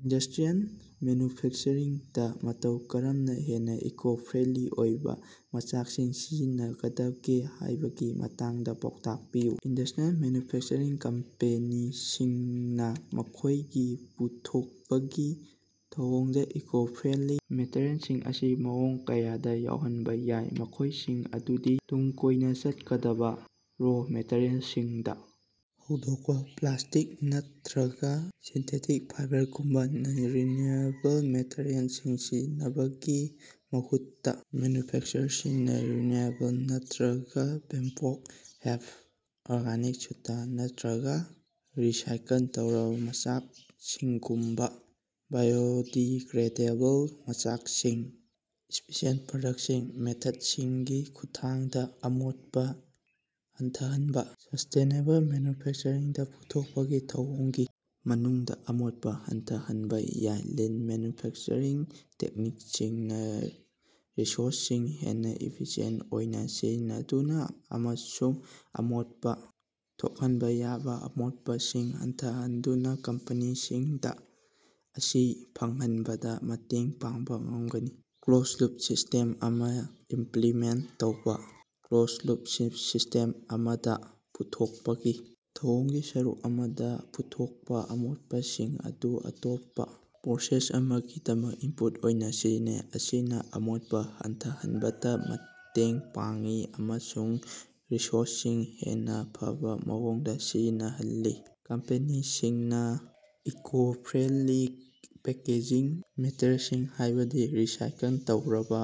Industrial ꯃꯦꯟꯌꯨꯐꯦꯛꯆꯔꯤꯡꯗ ꯃꯇꯧ ꯀꯔꯝꯅ ꯍꯦꯟꯅ ꯏꯀꯣ-ꯐ꯭ꯔꯦꯟꯗꯂꯤ ꯑꯣꯏꯕ ꯃꯆꯥꯛꯁꯤꯡ ꯁꯤꯖꯤꯟꯅꯒꯗꯒꯦ ꯍꯥꯏꯕꯒꯤ ꯃꯇꯥꯡꯗ ꯄꯥꯎꯇꯥꯛ ꯄꯤꯌꯨ꯫ ꯏꯟꯗꯁ꯭ꯇꯔꯤꯌꯦꯜ ꯃꯦꯟꯌꯨꯐꯦꯛꯆꯔꯤꯡ ꯀꯝꯄꯦꯅꯤꯁꯤꯡꯅ ꯃꯈꯣꯏꯒꯤ ꯄꯨꯊꯣꯛꯄꯒꯤ ꯊꯧꯑꯣꯡꯗ ꯏꯀꯣ-ꯐ꯭ꯔꯦꯟꯗꯂꯤ ꯃꯦꯇꯔꯤꯑꯦꯜꯁꯤꯡ ꯑꯁꯤ ꯃꯑꯣꯡ ꯀꯌꯥꯗ ꯌꯥꯎꯍꯟꯕ ꯌꯥꯏ, ꯃꯈꯣꯏꯁꯤꯡ ꯑꯗꯨꯗꯤ: ꯇꯨꯡ ꯀꯣꯏꯅ ꯆꯠꯀꯗꯕ ꯔꯣ ꯃꯦꯇꯔꯤꯌꯦꯜꯁꯤꯡꯗ ꯍꯧꯗꯣꯛꯄ: ꯄ꯭ꯂꯥꯁ꯭ꯇꯤꯛ ꯅꯠꯇꯔꯒ ꯁꯤꯟꯊꯦꯇꯤꯛ ꯐꯥꯏꯕꯔꯒꯨꯝꯕ ꯅꯟ-ꯔꯤꯟꯌꯨꯑꯦꯕꯜ ꯃꯦꯇꯔꯤꯑꯦꯜꯁꯤꯡ ꯁꯤꯖꯤꯟꯅꯕꯒꯤ ꯃꯍꯨꯠꯇ, ꯃꯦꯟꯌꯨꯐꯦꯛꯆꯔꯁꯤꯡꯅ ꯔꯤꯟꯌꯨꯑꯦꯕꯜ ꯅꯠꯇꯔꯒ ꯕꯦꯝꯕꯣꯛ, ꯍꯦꯝꯞ, ꯑꯣꯔꯒꯥꯅꯤꯛ ꯁꯨꯇꯥ, ꯅꯠꯇꯔꯒ ꯔꯤꯁꯥꯏꯀꯜ ꯇꯧꯔꯕ ꯃꯆꯥꯛꯁꯤꯡꯒꯨꯝꯕ ꯕꯥꯏꯑꯣꯗꯤꯒ꯭ꯔꯦꯗꯦꯕꯜ ꯃꯆꯥꯛꯁꯤꯡ꯫ ꯏꯐꯤꯁꯤꯌꯦꯟꯠ ꯄ꯭ꯔꯗꯛꯁꯟ ꯃꯦꯊꯠꯁꯤꯡꯒꯤ ꯈꯨꯠꯊꯥꯡꯗ ꯑꯃꯣꯠꯄ ꯍꯟꯊꯍꯟꯕ: ꯁꯁ꯭ꯇꯦꯅꯦꯕꯜ ꯃꯦꯟꯌꯨꯐꯦꯛꯆꯔꯤꯡꯗ ꯄꯨꯊꯣꯛꯄꯒꯤ ꯊꯧꯑꯣꯡꯒꯤ ꯃꯅꯨꯡꯗ ꯑꯃꯣꯠꯄ ꯍꯟꯊꯍꯟꯕ ꯌꯥꯎꯏ꯫ ꯂꯤꯟ ꯃꯦꯟꯌꯨꯐꯦꯛꯆꯔꯤꯡ ꯇꯦꯛꯅꯤꯛꯁꯤꯡꯅ ꯔꯤꯁꯣꯔꯁꯁꯤꯡ ꯍꯦꯟꯅ ꯏꯐꯤꯁꯤꯑꯦꯟꯠ ꯑꯣꯏꯅ ꯁꯤꯖꯤꯟꯅꯗꯨꯅ ꯑꯃꯁꯨꯡ ꯑꯃꯣꯠꯄ ꯊꯣꯛꯍꯟꯕ ꯌꯥꯕ ꯑꯁꯣꯏꯕꯁꯤꯡ ꯍꯟꯊꯍꯟꯗꯨꯅ ꯀꯝꯄꯦꯅꯤꯁꯤꯡꯗ ꯃꯁꯤ ꯐꯪꯍꯟꯕꯗ ꯃꯇꯦꯡ ꯄꯥꯡꯕ ꯉꯝꯒꯅꯤ꯫ ꯀ꯭ꯂꯣꯖꯗ-ꯂꯨꯞ ꯁꯤꯁ꯭ꯇꯦꯝ ꯑꯃꯥ ꯏꯝꯄꯂꯤꯃꯦꯟꯠ ꯇꯧꯕꯥ: ꯀ꯭ꯂꯣꯖꯗ-ꯂꯨꯞ ꯁꯤꯁ꯭ꯇꯦꯝ ꯑꯃꯗ, ꯄꯨꯊꯣꯛꯄꯒꯤ ꯊꯧꯑꯣꯡꯒꯤ ꯁꯔꯨꯛ ꯑꯃꯗ ꯄꯨꯊꯣꯛꯄ ꯑꯃꯣꯠꯄꯁꯤꯡ ꯑꯗꯨ ꯑꯇꯣꯞꯄ ꯄ꯭ꯔꯣꯁꯦꯁ ꯑꯃꯒꯤꯗꯃꯛ ꯏꯟꯄꯨꯠ ꯑꯣꯏꯅ ꯁꯤꯖꯤꯟꯅꯩ꯫ ꯃꯁꯤꯅ ꯑꯃꯣꯠꯄ ꯍꯟꯊꯍꯟꯕꯗ ꯃꯇꯦꯡ ꯄꯥꯡꯏ ꯑꯃꯁꯨꯡ ꯔꯤꯁꯣꯔꯁꯁꯤꯡ ꯍꯦꯟꯅ ꯐꯕ ꯃꯑꯣꯡꯗ ꯁꯤꯖꯤꯟꯅꯍꯜꯂꯤ꯫ ꯀꯝꯄꯦꯅꯤꯁꯤꯡꯅ ꯏꯀꯣ-ꯐ꯭ꯔꯦꯟꯗꯂꯤ ꯄꯦꯀꯦꯖꯤꯡ ꯃꯦꯇꯔꯤꯑꯦꯜꯁꯤꯡ ꯍꯥꯏꯕꯗꯤ ꯔꯤꯁꯥꯏꯀꯜ ꯇꯧꯔꯕ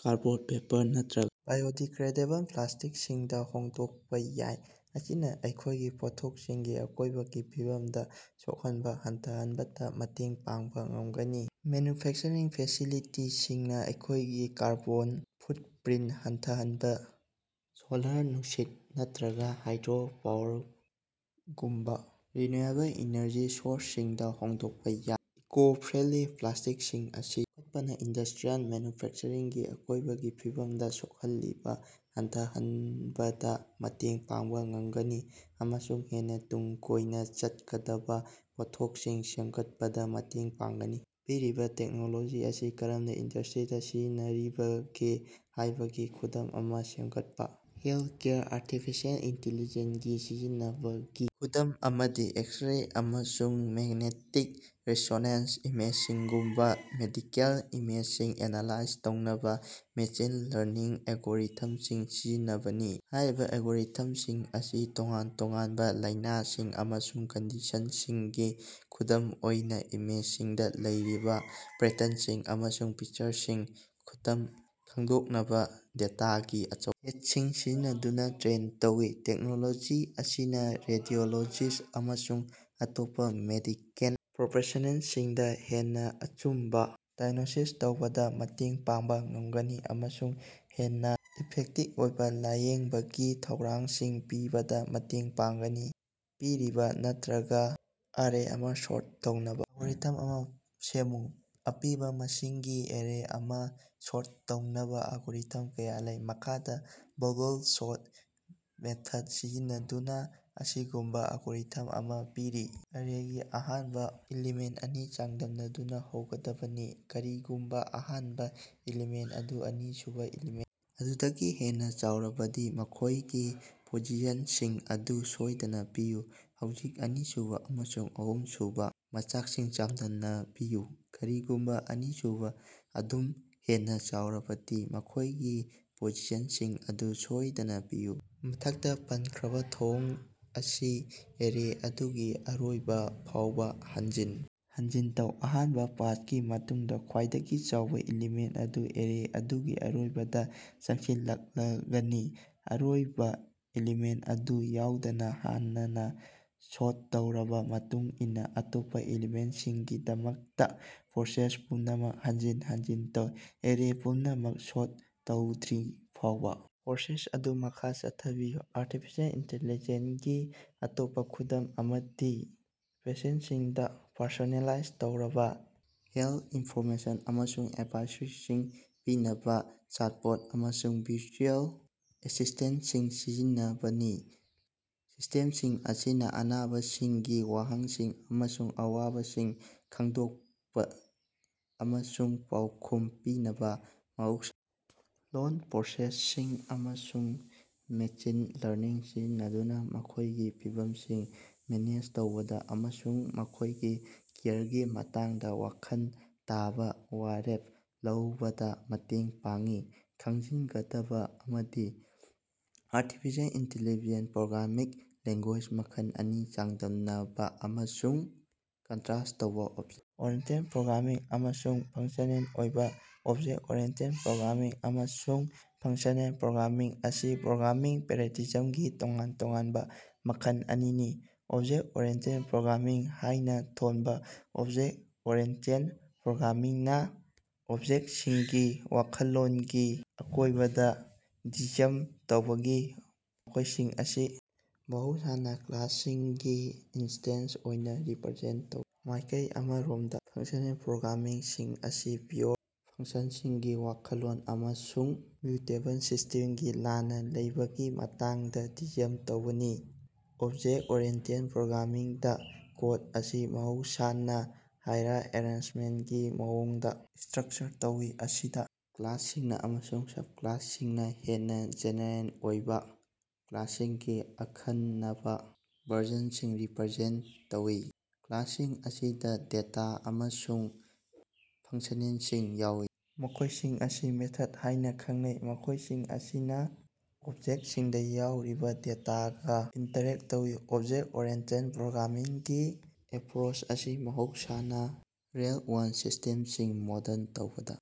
ꯀꯥꯔꯗꯕꯣꯔꯗ, ꯄꯦꯄꯔ, ꯅꯠꯇꯔ ꯕꯥꯏꯑꯣꯗꯤꯒ꯭ꯔꯦꯗꯦꯕꯜ ꯄ꯭ꯂꯥꯁ꯭ꯇꯤꯛꯁꯤꯡꯗ ꯍꯣꯡꯗꯣꯛꯄ ꯌꯥꯏ꯫ ꯃꯁꯤꯅ ꯃꯈꯣꯏꯒꯤ ꯄꯣꯠꯊꯣꯛꯁꯤꯡꯒꯤ ꯑꯀꯣꯏꯕꯒꯤ ꯐꯤꯕꯝꯗ ꯁꯣꯛꯍꯟꯕ ꯍꯟꯊꯍꯟꯕꯗ ꯃꯇꯦꯡ ꯄꯥꯡꯕ ꯉꯝꯒꯅꯤ꯫ ꯃꯦꯟꯌꯨꯐꯦꯛꯆꯔꯤꯡ ꯐꯦꯁꯤꯂꯤꯇꯤꯁꯤꯡꯅ ꯃꯈꯣꯏꯒꯤ ꯀꯥꯔꯕꯣꯟ ꯐꯨꯠꯄꯔꯤꯟꯠ ꯍꯟꯊꯍꯟꯅꯕ ꯁꯣꯂꯥꯔ, ꯅꯨꯡꯁꯤꯠ, ꯅꯠꯇꯔꯒ ꯍꯥꯏꯗ꯭ꯔꯣ ꯄꯥꯋꯔꯒꯨꯝꯕ ꯔꯤꯅ꯭ꯌꯨꯑꯦꯕꯜ ꯏꯅꯔꯖꯤꯒꯤ ꯁꯣꯔꯁꯁꯤꯡꯗ ꯍꯣꯡꯗꯣꯛꯄ ꯌꯥꯏ꯫ ꯏꯀꯣ-ꯐ꯭ꯔꯦꯟꯗꯂꯤ ꯄ꯭ꯔꯦꯛꯇꯤꯁꯁꯤꯡ ꯑꯁꯤ ꯂꯧꯈꯠꯄꯅ ꯏꯟꯗꯁ꯭ꯇꯔꯤꯌꯦꯜ ꯃꯦꯟꯌꯨꯐꯦꯛꯆꯔꯤꯡꯒꯤ ꯑꯀꯣꯏꯕꯒꯤ ꯐꯤꯕꯝꯗ ꯁꯣꯛꯍꯜꯂꯤꯕ ꯍꯟꯊꯍꯟꯕꯗ ꯃꯇꯦꯡ ꯄꯥꯡꯕ ꯉꯝꯒꯅꯤ ꯑꯃꯁꯨꯡ ꯍꯦꯟꯅ ꯇꯨꯡ ꯀꯣꯏꯅ ꯆꯠꯀꯗꯕ ꯄꯣꯠꯊꯣꯛꯁꯤꯡ ꯁꯦꯝꯒꯠꯄꯗ ꯃꯇꯦꯡ ꯄꯥꯡꯒꯅꯤ꯫ ꯄꯤꯔꯤꯕ ꯇꯦꯛꯅꯣꯂꯣꯖꯤ ꯑꯁꯤ ꯀꯔꯝꯅ ꯏꯟꯗꯁ꯭ꯇꯔꯤꯗꯥ ꯁꯤꯖꯤꯟꯅꯔꯤꯕꯒꯦ ꯍꯥꯏꯕꯒꯤ ꯈꯨꯗꯝ ꯑꯃꯥ ꯁꯦꯝꯒꯠꯄꯥ꯫ ꯍꯦꯜꯊꯀꯦꯌꯔꯗ ꯑꯥꯔꯇꯤꯐꯤꯁꯤꯑꯦꯜ ꯏꯟꯇꯤꯂꯤꯖ‌ꯦꯟꯁꯒꯤ ꯁꯤꯖꯤꯟꯅꯕꯒꯤ ꯈꯨꯗꯝ ꯑꯃꯗꯤ ꯑꯦꯛꯁ-ꯔꯦ ꯑꯃꯁꯨꯡ ꯃ‌ꯦꯛꯅ‌ꯦꯇꯤꯛ ꯔ‌ꯦꯖ‌ꯣꯅ‌ꯦꯟꯁ ꯏꯃ‌ꯦꯖꯤꯡꯒꯨꯝꯕ ꯃꯦꯗꯤꯀꯦꯜ ꯏꯃꯦꯖꯁꯤꯡ ꯑꯦꯅꯥꯂꯥꯏꯖ ꯇꯧꯅꯕ ꯃꯦꯁꯤꯟ ꯂꯔꯅꯤꯡ ꯑꯦꯜꯒꯣꯔꯤꯊꯝꯁꯤꯡ ꯁꯤꯖꯤꯟꯅꯕꯅꯤ꯫ ꯍꯥꯏꯔꯤꯕ ꯑꯦꯜꯒꯣꯔꯤꯊꯝꯁꯤꯡ ꯑꯁꯤ ꯇꯣꯉꯥꯟ ꯇꯣꯉꯥꯟꯕ ꯂꯥꯏꯅꯥꯁꯤꯡ ꯑꯃꯁꯨꯡ ꯀꯟꯗꯤꯁꯟꯁꯤꯡꯒꯤ ꯈꯨꯗꯝ ꯑꯣꯏꯕ ꯏꯃꯦꯖꯁꯤꯡꯗ ꯂꯩꯔꯤꯕ ꯄꯦꯇꯔꯟꯁꯤꯡ ꯑꯃꯁꯨꯡ ꯐꯤꯆꯔꯁꯤꯡ ꯈꯪꯗꯣꯛꯅꯕ ꯗꯦꯇꯥꯒꯤ ꯑꯆꯧꯕ ꯁꯦꯠꯁꯤꯡ ꯁꯤꯖꯤꯟꯅꯗꯨꯅ ꯇ꯭ꯔꯦꯟ ꯇꯧꯏ꯫ ꯇꯦꯛꯅꯣꯂꯣꯖꯤ ꯑꯁꯤꯅ ꯔꯦꯗꯤꯑꯣꯂꯣꯖꯤꯁ꯭ꯠꯁꯤꯡ ꯑꯃꯁꯨꯡ ꯑꯇꯣꯞꯄ ꯃꯦꯗꯤꯀꯦꯜ ꯄ꯭ꯔꯣꯐꯦꯁ꯭ꯅꯦꯜꯁꯤꯡꯗ ꯍꯦꯟꯅꯥ ꯑꯆꯨꯝꯕ ꯗꯥꯏꯒ꯭ꯅꯣꯁꯤꯁ ꯇꯧꯕꯗꯥ ꯃꯇꯦꯡ ꯄꯥꯡꯕꯥ ꯉꯝꯒꯅꯤ ꯑꯃꯁꯨꯡ ꯍꯦꯟꯅꯥ ꯏꯐꯦꯛꯇꯤꯕ ꯑꯣꯏꯕꯥ ꯂꯥꯌꯦꯡꯕꯒꯤ ꯊꯧꯔꯥꯡꯁꯤꯡ ꯄꯤꯕꯗ ꯃꯇꯦꯡ ꯄꯥꯡꯒꯅꯤ꯫ ꯑꯄꯤꯕꯥ ꯅꯝꯕꯔꯒꯤ ꯑꯦꯔꯦ ꯑꯃꯥ ꯁꯣꯔꯠ ꯇꯧꯅꯕ ꯑꯦꯜꯒꯣꯔꯤꯊꯝ ꯑꯃꯥ ꯁꯦꯝꯃꯨ꯫ ꯑꯄꯤꯕꯥ ꯃꯁꯤꯡꯒꯤ ꯑꯦꯔꯦ ꯑꯃꯥ ꯁꯣꯔꯠ ꯇꯧꯅꯕ ꯑꯦꯜꯒꯣꯔꯤꯊꯝ ꯀꯌꯥ ꯂꯩ꯫ ꯃꯈꯥꯗ ꯕꯕꯜ ꯁꯣꯔꯠ ꯃꯦꯊꯗ ꯁꯤꯖꯤꯟꯅꯗꯨꯅ ꯑꯁꯤꯒꯨꯝꯕ ꯑꯦꯜꯒꯣꯔꯤꯊꯝ ꯑꯃ ꯄꯤꯔꯤ: ꯑꯦꯔꯦꯒꯤ ꯑꯍꯥꯟꯕ ꯑꯦꯂꯤꯃꯦꯟꯠ ꯑꯅꯤ ꯆꯥꯡꯗꯝꯅꯗꯨꯅ ꯍꯧꯒꯗꯕꯅꯤ꯫ ꯀꯔꯤꯒꯨꯝꯕ ꯑꯍꯥꯟꯕ ꯑꯦꯂꯤꯃꯦꯟꯠ ꯑꯗꯨ ꯑꯅꯤꯁꯨꯕ ꯑꯦꯂꯤꯃꯦꯟꯠ ꯑꯗꯨꯗꯒꯤ ꯍꯦꯟꯅ ꯆꯥꯎꯔꯕꯗꯤ, ꯃꯈꯣꯏꯒꯤ ꯄꯣꯖꯤꯁꯟꯁꯤꯡ ꯑꯗꯨ ꯁꯣꯏꯗꯅ ꯄꯤꯌꯨ꯫ ꯍꯧꯖꯤꯛ, ꯑꯅꯤꯁꯨꯕ ꯑꯃꯁꯨꯡ ꯑꯍꯨꯝꯁꯨꯕ ꯃꯆꯥꯛꯁꯤꯡ ꯆꯥꯡꯗꯝꯅꯕꯤꯌꯨ꯫ ꯀꯔꯤꯒꯨꯝꯕ ꯑꯅꯤꯁꯨꯕ ꯑꯗꯨ ꯍꯦꯟꯅ ꯆꯥꯎꯔꯕꯗꯤ, ꯃꯈꯣꯏꯒꯤ ꯄꯣꯖꯤꯁꯟꯁꯤꯡ ꯑꯗꯨ ꯁꯣꯏꯗꯅ ꯄꯤꯌꯨ꯫ ꯃꯊꯛꯇ ꯄꯟꯈ꯭ꯔꯤꯕ ꯊꯧꯑꯣꯡ ꯑꯁꯤ ꯑꯦꯔꯦ ꯑꯗꯨꯒꯤ ꯑꯔꯣꯏꯕ ꯐꯥꯎꯕꯥ ꯍꯟꯖꯤꯟ ꯍꯟꯖꯤꯟ ꯇꯧ꯫ ꯑꯍꯥꯟꯕ ꯄꯥꯁꯀꯤ ꯃꯇꯨꯡꯗ ꯈ꯭ꯕꯥꯏꯗꯒꯤ ꯆꯥꯎꯕ ꯑꯦꯂꯤꯃꯦꯟꯠ ꯑꯗꯨ ꯑꯦꯔꯦ ꯑꯗꯨꯒꯤ ꯑꯔꯣꯏꯕꯗ ꯆꯪꯁꯤꯜꯂꯛꯂꯒꯅꯤ꯫ ꯑꯔꯣꯏꯕ ꯑꯦꯂꯤꯃꯦꯟꯠ ꯑꯗꯨ ꯌꯥꯎꯗꯅ ꯍꯥꯟꯅꯅꯥ ꯁꯣꯔꯠ ꯇꯧꯔꯕ ꯃꯇꯨꯡ ꯏꯟꯅ ꯑꯇꯣꯞꯄ ꯑꯦꯂꯤꯃꯦꯟꯠꯁꯤꯡꯒꯤꯗꯃꯛꯇ ꯄ꯭ꯔꯣꯁꯦꯁ ꯄꯨꯝꯅꯃꯛ ꯍꯟꯖꯤꯟ ꯍꯟꯖꯤꯟ ꯇꯧ꯫ ꯑꯦꯔꯦ ꯄꯨꯝꯅꯃꯛ ꯁꯣꯔꯠ ꯇꯧꯗ꯭ꯔꯤꯐꯥꯎꯕ ꯄ꯭ꯔꯣꯁꯦꯁ ꯑꯗꯨ ꯃꯈꯥ ꯆꯠꯊꯕꯤꯌꯨ꯫ ꯑꯥꯔꯇꯤꯐꯤꯁꯤꯑꯦꯜ ꯏꯟꯇꯤꯂꯤꯖ‌ꯦꯟꯁꯒꯤ ꯑꯇꯣꯞꯄ ꯈꯨꯗꯝ ꯑꯃꯗꯤ ꯄꯦꯁꯦꯟꯠꯁꯤꯡꯗ ꯄꯔꯁꯣꯅꯦꯂꯥꯏꯖ ꯇꯧꯔꯕ ꯍꯦꯜꯊ ꯏꯟꯐꯣꯔꯃꯦꯁꯟ ꯑꯃꯁꯨꯡ ꯑꯦꯗꯚꯥꯏꯖꯔꯤꯁꯤꯡ ꯄꯤꯅꯕ ꯆꯦꯠꯕꯣꯠ ꯑꯃꯁꯨꯡ ꯚꯔꯆꯨꯑꯦꯜ ꯑꯦꯁꯤꯁ꯭ꯇꯦꯟꯠꯁꯤꯡ ꯁꯤꯖꯤꯟꯅꯕꯅꯤ꯫ ꯁꯤꯁ꯭ꯇꯦꯝꯁꯤꯡ ꯑꯁꯤꯅ ꯑꯅꯥꯕꯁꯤꯡꯒꯤ ꯋꯥꯍꯪꯁꯤꯡ ꯑꯃꯁꯨꯡ ꯑꯋꯥꯕꯁꯤꯡ ꯈꯪꯗꯣꯛꯕ ꯑꯃꯁꯨꯡ ꯄꯥꯎꯈꯨꯝ ꯄꯤꯅꯕ ꯃꯍꯧꯁꯥ ꯂꯣꯜ ꯄ꯭ꯔꯣꯁꯦꯁꯤꯡ ꯑꯃꯁꯨꯡ ꯃꯦꯁꯤꯟ ꯂꯔꯅꯤꯡ ꯁꯤꯖꯤꯟꯅꯗꯨꯅ ꯃꯈꯣꯏꯒꯤ ꯐꯤꯚꯝꯁꯤꯡ ꯃꯦꯅꯦꯖ ꯇꯧꯕꯗ ꯑꯃꯁꯨꯡ ꯃꯈꯣꯏꯒꯤ ꯀꯦꯌꯔꯒꯤ ꯃꯇꯥꯡꯗ ꯋꯥꯈꯜ ꯇꯥꯕ ꯋꯥꯔꯦꯞ ꯂꯧꯕꯗ ꯃꯇꯦꯡ ꯄꯥꯡꯏ꯫ ꯈꯪꯖꯤꯟꯒꯗꯕ ꯑꯃꯗꯤ, ꯑꯥꯔꯇꯤꯐꯤꯁꯤꯑꯦꯜ ꯏꯟꯇꯤꯂꯤꯖ‌ꯦꯟꯁ ꯄ꯭ꯔꯣꯒ꯭ꯔꯥꯃꯤꯡ ꯂꯦꯡꯒꯨꯌꯦꯖ ꯃꯈꯜ ꯑꯅꯤ ꯆꯥꯡꯗꯝꯅꯕ ꯑꯃꯁꯨꯡ ꯀꯟꯇꯔꯦꯁ꯭ꯠ ꯇꯧꯕꯥ꯫ ꯑꯣꯞꯖ‌ꯦꯛ ꯑꯣꯔꯤꯌ‌ꯦꯟꯇ‌ꯦꯠ ꯄꯔ‌ꯣꯒꯔꯥꯃꯤꯡ ꯑꯃꯁꯨꯡ ꯐꯪꯁ꯭ꯅꯦꯜ ꯑꯣꯏꯕꯥ꯫ ꯑꯣꯞꯖ‌ꯦꯛ ꯑꯣꯔꯤꯌ‌ꯦꯟꯇ‌ꯦꯠ ꯄꯔ‌ꯣꯒꯔꯥꯃꯤꯡ ꯑꯃꯁꯨꯡ ꯐꯪꯁ꯭ꯅꯦꯜ ꯄ꯭ꯔꯣꯒ꯭ꯔꯥꯃꯤꯡ ꯑꯁꯤ ꯄ꯭ꯔꯣꯒ꯭ꯔꯥꯃꯤꯡ ꯄꯦꯔꯥꯗꯥꯏꯝꯒꯤ ꯇꯣꯉꯥꯟ ꯇꯣꯉꯥꯟꯕ ꯃꯈꯜ ꯑꯅꯤꯅꯤ꯫ ꯑꯣꯕꯖꯦꯛꯠ ꯑꯣꯔꯤꯑꯦꯟꯇꯦꯗ ꯄ꯭ꯔꯣꯒ꯭ꯔꯥꯃꯤꯡ ꯍꯥꯏꯅ ꯊꯣꯟꯕ ꯑꯣꯞꯖ‌ꯦꯛ ꯑꯣꯔꯤꯌ‌ꯦꯟꯇ‌ꯦꯠ ꯄꯔ‌ꯣꯒꯔꯥꯃꯤꯡꯅ ꯑꯣꯕꯖꯦꯛꯠꯁꯤꯡꯒꯤ ꯋꯥꯈꯜꯂꯣꯟꯒꯤ ꯑꯀꯣꯏꯕꯗ ꯗꯤꯖꯥꯏꯟ ꯇꯧꯕꯅꯤ, ꯃꯈꯣꯏꯁꯤꯡ ꯑꯁꯤ ꯃꯍꯧꯁꯥꯅ ꯀ꯭ꯂꯥꯁꯁꯤꯡꯒꯤ ꯏꯟꯁꯇꯦꯟꯁ ꯑꯣꯏꯅ ꯔꯤꯄꯔꯖꯦꯟꯇ ꯇꯧꯏ꯫ ꯃꯥꯏꯀꯩ ꯑꯃꯔꯣꯝꯗ, ꯐꯪꯁ꯭ꯅꯦꯜ ꯄ꯭ꯔꯣꯒ꯭ꯔꯥꯃꯤꯡ ꯑꯁꯤ ꯄ꯭ꯌꯨꯔ ꯐꯪꯁꯟꯁꯤꯡꯒꯤ ꯋꯥꯈꯜꯂꯣꯟ ꯑꯃꯁꯨꯡ ꯃ꯭ꯌꯨꯇꯦꯕꯜ ꯁ꯭ꯇꯦꯠꯇꯒꯤ ꯂꯥꯞꯅ ꯂꯩꯕꯒꯤ ꯃꯇꯥꯡꯗ ꯗꯤꯖꯥꯏꯟ ꯇꯧꯕꯅꯤ꯫ ꯑꯣꯞꯖ‌ꯦꯛ ꯑꯣꯔꯤꯌ‌ꯦꯟꯇ‌ꯦꯠ ꯄꯔ‌ꯣꯒꯔꯥꯃꯤꯡꯗꯥ, ꯀꯣꯗ ꯑꯁꯤ ꯃꯍꯧꯁꯥꯅ ꯍꯥꯌꯔ ꯑꯦꯔꯦꯟꯖꯃꯦꯟꯠꯀꯤ ꯃꯑꯣꯡꯗ ꯁ꯭ꯇꯔꯛꯆꯔ ꯇꯧꯏ, ꯃꯁꯤꯗ ꯀ꯭ꯂꯥꯁꯁꯤꯡ ꯑꯃꯁꯨꯡ ꯁꯕꯀꯂꯥꯁꯁꯤꯡꯅ ꯍꯦꯟꯅ ꯖꯦꯅꯦꯔꯦꯜ ꯑꯣꯏꯕ ꯀ꯭ꯂꯥꯁꯁꯤꯡꯒꯤ ꯑꯈꯟꯅꯕ ꯚꯔꯖꯟꯁꯤꯡ ꯔꯤꯄꯔꯖꯦꯟꯇ ꯇꯧꯏ꯫ ꯀ꯭ꯂꯥꯁꯁꯤꯡ ꯑꯁꯤꯗ ꯗꯦꯇꯥ ꯑꯃꯁꯨꯡ ꯐꯪꯁꯅꯟꯁꯤꯡ ꯌꯥꯎꯏ, ꯃꯈꯣꯌꯁꯤꯡ ꯑꯁꯤ ꯃꯦꯊꯗ ꯍꯥꯌꯅꯥ ꯈꯉꯅꯩ, ꯃꯈꯣꯌꯁꯤꯡ ꯑꯁꯤꯅꯥ ꯑꯣꯕꯖꯦꯛꯇꯁꯤꯡꯗ ꯌꯥꯎꯔꯤꯕꯥ ꯗꯦꯇꯥꯒ ꯏꯟꯇꯔꯦꯛꯇ ꯇꯧꯏ꯫ ꯑꯣꯞꯖ‌ꯦꯛ ꯑꯣꯔꯤꯌ‌ꯦꯟꯇ‌ꯦꯠ ꯄꯔ‌ꯣꯒꯔꯥꯃꯤꯡꯒꯤ ꯑꯦꯄꯔꯣꯆ ꯑꯁꯤ ꯃꯍꯧꯁꯥꯅ ꯔꯤꯑꯦꯜ-ꯋꯥꯔꯜꯗ ꯁꯤꯁ꯭ꯇꯦꯝꯁꯤꯡ ꯃꯣꯗꯦꯜ ꯇꯧꯕꯗ